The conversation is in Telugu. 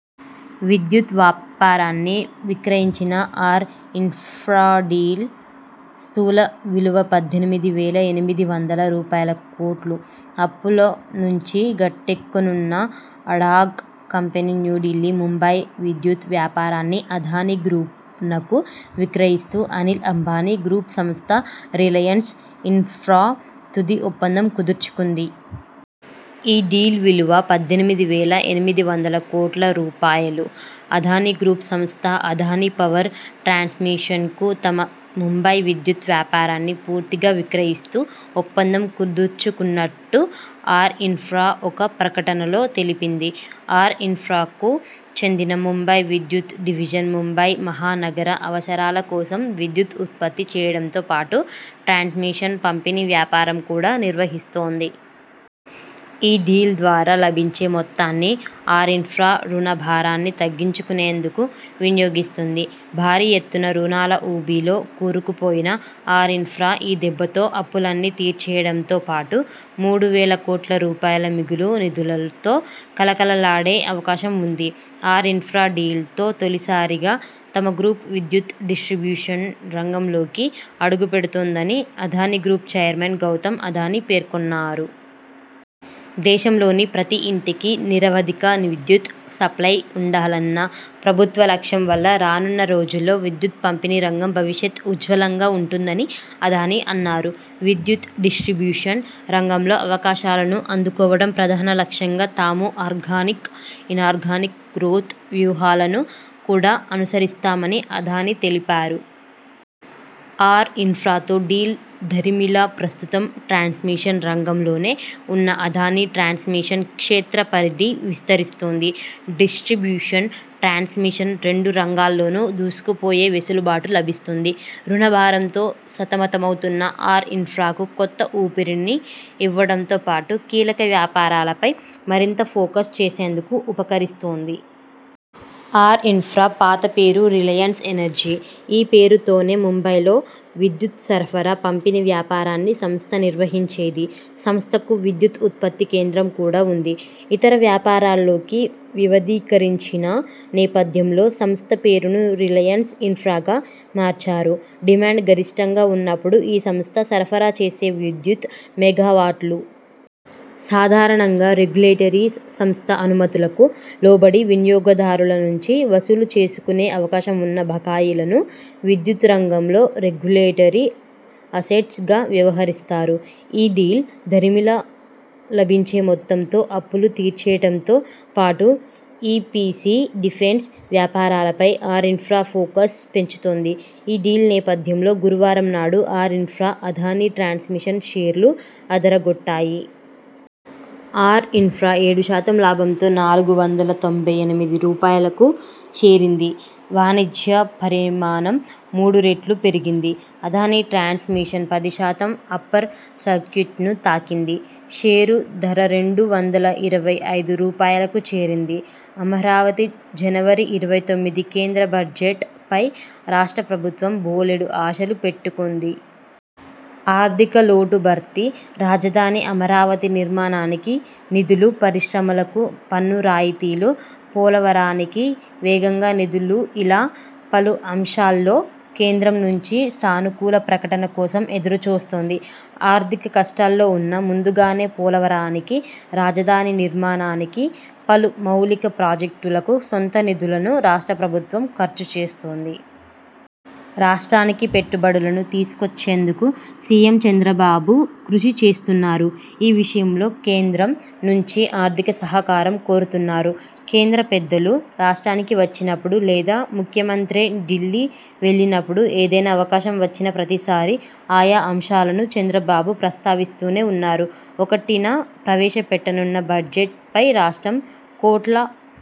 విద్యుత్ వ్యాపారాన్ని విక్రయించిన ఆర్ ఇన్ఫ్రా డీల్ స్థూల విలువ పద్దెనిమిది వేల ఎనిమిది వందల రూపాయలుకోట్లు. అప్పుల నుంచి గట్టెక్కనున్న అడాగ్ కంపెనీ న్యూఢిల్లీ ముంబై విద్యుత్ వ్యాపారాన్ని అదానీ గ్రూప్ నకు విక్రయిస్తూ అనిల్ అంబానీ గ్రూప్ సంస్థ రిలయన్స్ ఇన్ఫ్రా తుది ఒప్పందం కుదుర్చుకుంది. ఈ డీల్ విలువ పద్దెనిమిది వేల ఎనిమిది వందల కోట్ల రూపాయలు. అదానీ గ్రూప్ సంస్థ అదానీ పవర్ ట్రాన్స్మిషన్ కు తమ ముంబై విద్యుత్ వ్యాపారాన్ని పూర్తిగా విక్రయిస్తూ ఒప్పందం కుదుర్చుకున్నట్టు ఆర్ ఇన్ఫ్రా ఒక ప్రకటనలో తెలిపింది. ఆర్ ఇన్ఫ్రాకు చెందిన ముంబై విద్యుత్ డివిజన్ ముంబై మహానగర అవసరాల కోసం విద్యుత్ ఉత్పత్తి చేయడంతో పాటు ట్రాన్స్మిషన్, పంపిణీ వ్యాపారం కూడా నిర్వహిస్తోంది. ఈ డీల్ ద్వారా లభించే మొత్తాన్ని ఆర్ఇన్ఫ్రా రుణ భారాన్ని తగ్గించుకునేందుకు వినియోగిస్తుంది. భారీ ఎత్తున రుణాల ఊబిలో కూరుకుపోయిన ఆర్ఇన్ఫ్రా ఈ దెబ్బతో అప్పులన్నీ తీర్చేయడంతో పాటు మూడు వేల కోట్ల రూపాయల మిగులు నిధులతో కళకళలాడే అవకాశం ఉంది. ఆర్ ఇన్ఫ్రా డీల్ తో తొలిసారిగా తమ గ్రూప్ విద్యుత్ డిస్ట్రిబ్యూషన్ రంగంలోకి అడుగుపెడుతోందనీ అదానీ గ్రూప్ చైర్మన్ గౌతమ్ అదానీ పేర్కొన్నారు. దేశంలోని ప్రతి ఇంటికీ నిరవధిక విద్యుత్ సప్లయ్ ఉండాలన్న ప్రభుత్వ లక్ష్యం వల్ల రానున్న రోజుల్లో విద్యుత్ పంపిణీ రంగం భవిష్యత్ ఉజ్వలంగా ఉంటుందని అదానీ అన్నారు. విద్యుత్ డిస్ట్రిబ్యూషన్ రంగంలో అవకాశాలను అందుకోవడం ప్రధాన లక్ష్యంగా తాము ఆర్గానిక్, ఇనార్గానిక్ గ్రోత్ వ్యూహాలను కూడా అనుసరిస్తామని అదానీ తెలిపారు. ఆర్ఇన్ఫ్రాతో డీల్ దరిమిలా ప్రస్తుతం ట్రాన్స్మిషన్ రంగంలోనే ఉన్న అదానీ ట్రాన్స్మిషన్ క్షేత్ర పరిధి విస్తరిస్తుంది. డిస్ట్రిబ్యూషన్, ట్రాన్స్మిషన్ రెండు రంగాల్లోనూ దూసుకుపోయే వెసులుబాటు లభిస్తుంది. రుణ భారంతో సతమతమవుతున్న ఆర్ ఇన్ఫ్రాకు కొత్త ఊపిరిని ఇవ్వడంతో పాటు కీలక వ్యాపారాలపై మరింత ఫోకస్ చేసేందుకు ఉపకరిస్తుంది. ఆర్ఇన్ఫ్రా పాత పేరు రిలయన్స్ ఎనర్జీ. ఈ పేరుతోనే ముంబైలో విద్యుత్ సరఫరా, పంపిణీ వ్యాపారాన్ని సంస్థ నిర్వహించేది, సంస్థకు విద్యుత్ ఉత్పత్తి కేంద్రం కూడా ఉంది. ఇతర వ్యాపారాల్లోకి వివిధీకరించిన నేపథ్యంలో సంస్థ పేరును రిలయన్స్ ఇన్ఫ్రాగా మార్చారు. డిమాండ్ గరిష్ఠంగా ఉన్నప్పుడు ఈ సంస్థ సరఫరా చేసే విద్యుత్ మెగావాట్లు. సాధారణంగా రెగ్యులేటరీ సంస్థ అనుమతులకు లోబడి వినియోగదారులనుంచి వసూలు చేసుకునే అవకాశం ఉన్న బకాయిలను విద్యుత్ రంగంలో రెగ్యులేటరీ అసెట్స్ గా వ్యవహరిస్తారు. ఈ డీల్ దరిమిలా లభించే మొత్తంతో అప్పులు తీర్చేయడంతో పాటు ఇపిసి, డిఫెన్స్ వ్యాపారాలపై ఆర్ఇన్ఫ్రా ఫోకస్ పెంచుతుంది. ఈ డీల్ నేపథ్యంలో గురువారం నాడు ఆర్ ఇన్ఫ్రా, అదానీ ట్రాన్స్మిషన్ షేర్లు అదరగొట్టాయి. ఆర్ఇన్ఫ్రా ఏడు శాతం లాభంతో నాలుగు వందల తొంభై ఎనిమిది రూపాయలకు చేరింది. వాణిజ్య పరిమాణం మూడు రెట్లు పెరిగింది. అదానీ ట్రాన్స్ మిషన్ పది శాతం అప్పర్ సర్క్యుట్ ను తాకింది. షేరు ధర రెండు వందల ఇరవై ఐదు రూపాయలకు చేరింది. అమరావతి, జనవరి ఇరవై తొమ్మిది కేంద్ర బడ్జెట్ పై రాష్ట్ర ప్రభుత్వం బోలెడు ఆశలు పెట్టుకుంది. ఆర్థిక లోటు భర్తీ, రాజధాని అమరావతి నిర్మాణానికి నిధులు, పరిశ్రమలకు పన్ను రాయితీలు, పోలవరానికి వేగంగా నిధులుఇలా పలు అంశాల్లో కేంద్రం నుంచి సానుకూల ప్రకటన కోసం ఎదురుచూస్తోంది. ఆర్థిక కష్టాల్లో ఉన్నా ముందుగానే పోలవరానికి, రాజధాని నిర్మాణానికి, పలు మౌలిక ప్రాజెక్టులకు సొంత నిధులను రాష్ట్ర ప్రభుత్వం ఖర్చు చేస్తోంది. రాష్ట్రానికి పెట్టుబడులను తీసుకొచ్చేందుకు సీఎం చంద్రబాబు కృషి చేస్తున్నారు. ఈ విషయంలో కేంద్రం నుంచీ ఆర్థిక సహకారం కోరుతున్నారు. కేంద్ర పెద్దలు రాష్ట్రానికి వచ్చినప్పుడు, లేదా ముఖ్యమంత్రే ఢిల్లీ వెళ్లినప్పుడు, ఏదైనా అవకాశం వచ్చిన ప్రతిసారీ ఆయా అంశాలను చంద్రబాబు ప్రస్తావిస్తూనే ఉన్నారు. ఒకటిన ప్రవేశ పెట్టనున్న బడ్జెట్ పై రాష్ట్రం 'కోట్ల'